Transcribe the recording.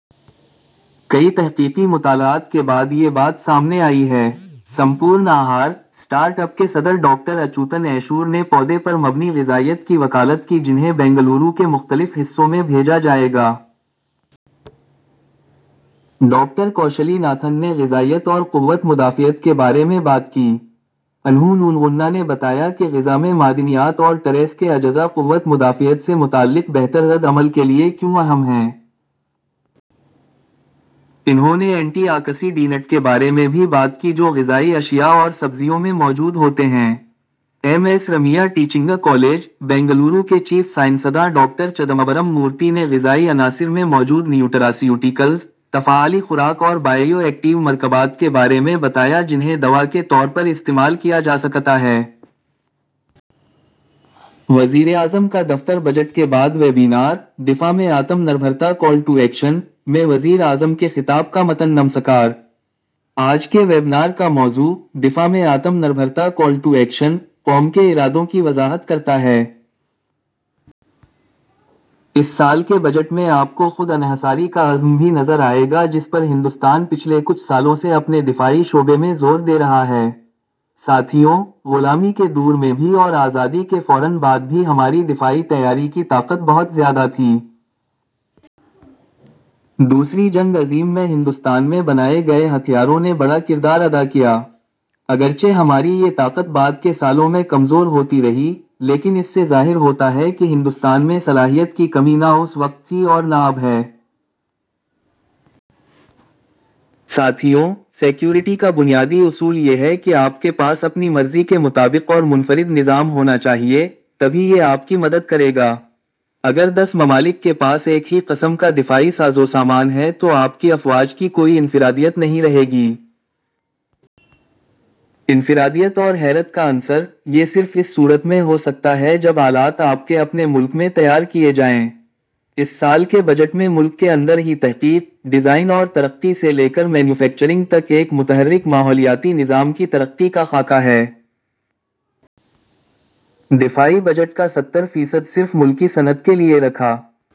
کئی تحقیقی مطالعات کے بعد یہ بات سامنے آئی ہے۔ ''سمپورن آہار'' اسٹارٹ اپ کے صدر ڈاکٹر اچوتن ایشور نے پودے پر مبنی غذائیت کی وکالت کی جنہیں بنگلورو کے مختلف حصوں میں بھیجا جائے گا۔ ڈاکٹر کوشلیا ناتھن نے غذائیت اور قوت مدافعت کے بارے میں بات کی۔ انہو ں نے بتایا کہ غذا میں معدنیات اور ٹریس کے اجزاء قوت مدافعت سے متعلق بہتر رد عمل کے لئے کیوں اہم ہیں۔ انہوں نے اینٹی آکسی ڈینٹ کے بارے میں بھی بات کی جو غذائی اشیاء اور سبزیوں میں موجود ہوتے ہیں۔ M S Ramaiah teaching college, Bengaluru کے چیف سائنسداں ڈاکٹر چدمبرم مورتی نے غذائی عناصر میں موجود نیوٹراسیوٹیکلز، تفاعلی خوراک اور بائیو ایکٹیو مرکبات کے بارے میں بتایا جنہیں دوا کے طور پر استعمال کیا جاسکتا ہے۔ وزیراعظم کا دفتر بجٹ کے بعد ویبینار 'دفاع میں آتم نربھرتا کال ٹو ایکشن' میں وزیر اعظم کے خطاب کا متن نمسکار! آج کے ویبنار کا موضوع، دفاع میں آتم نربھرتا کال ٹو ایکشن، قوم کے ارادوں کی وضاحت کرتا ہے۔ اس سال کے بجٹ میں آپ کو خود انحصاری کا عزم بھی نظر آئے گا جس پر ہندوستان پچھلے کچھ سالوں سے اپنے دفاعی شعبے میں زور دے رہا ہے۔ ساتھیوں، غلامی کے دور میں بھی اور آزادی کے فوراً بعد بھی ہماری دفاعی تیاری کی طاقت بہت زیادہ تھی۔ دوسری جنگ عظیم میں ہندوستان میں بنائے گئے ہتھیاروں نے بڑا کردار ادا کیا۔ اگرچہ ہماری یہ طاقت بعد کے سالوں میں کمزور ہوتی رہی، لیکن اس سے ظاہر ہوتا ہے کہ ہندوستان میں صلاحیت کی کمی نہ اس وقت تھی اور نہ اب ہے۔ ساتھیوں، سیکورٹی کا بنیادی اصول یہ ہے کہ آپ کے پاس اپنی مرضی کے مطابق اور منفرد نظام ہونا چاہیے، تبھی یہ آپ کی مدد کرے گا۔ اگر دس ممالک کے پاس ایک ہی قسم کا دفاعی سازوسامان ہے تو آپ کی افواج کی کوئی انفرادیت نہیں رہے گی۔ انفرادیت اور حیرت کا عنصر، یہ صرف اس صورت میں ہو سکتا ہے جب آلات آپ کے اپنے ملک میں تیار کیے جائیں۔ اس سال کے بجٹ میں ملک کے اندر ہی تحقیق، ڈیزائن اور ترقی سے لے کر مینوفیکچرنگ تک ایک متحرک ماحولیاتی نظام کی ترقی کا خاکہ ہے۔ دفاعی بجٹ کا ستر فیصد صرف ملکی صنعت کے لیے رکھا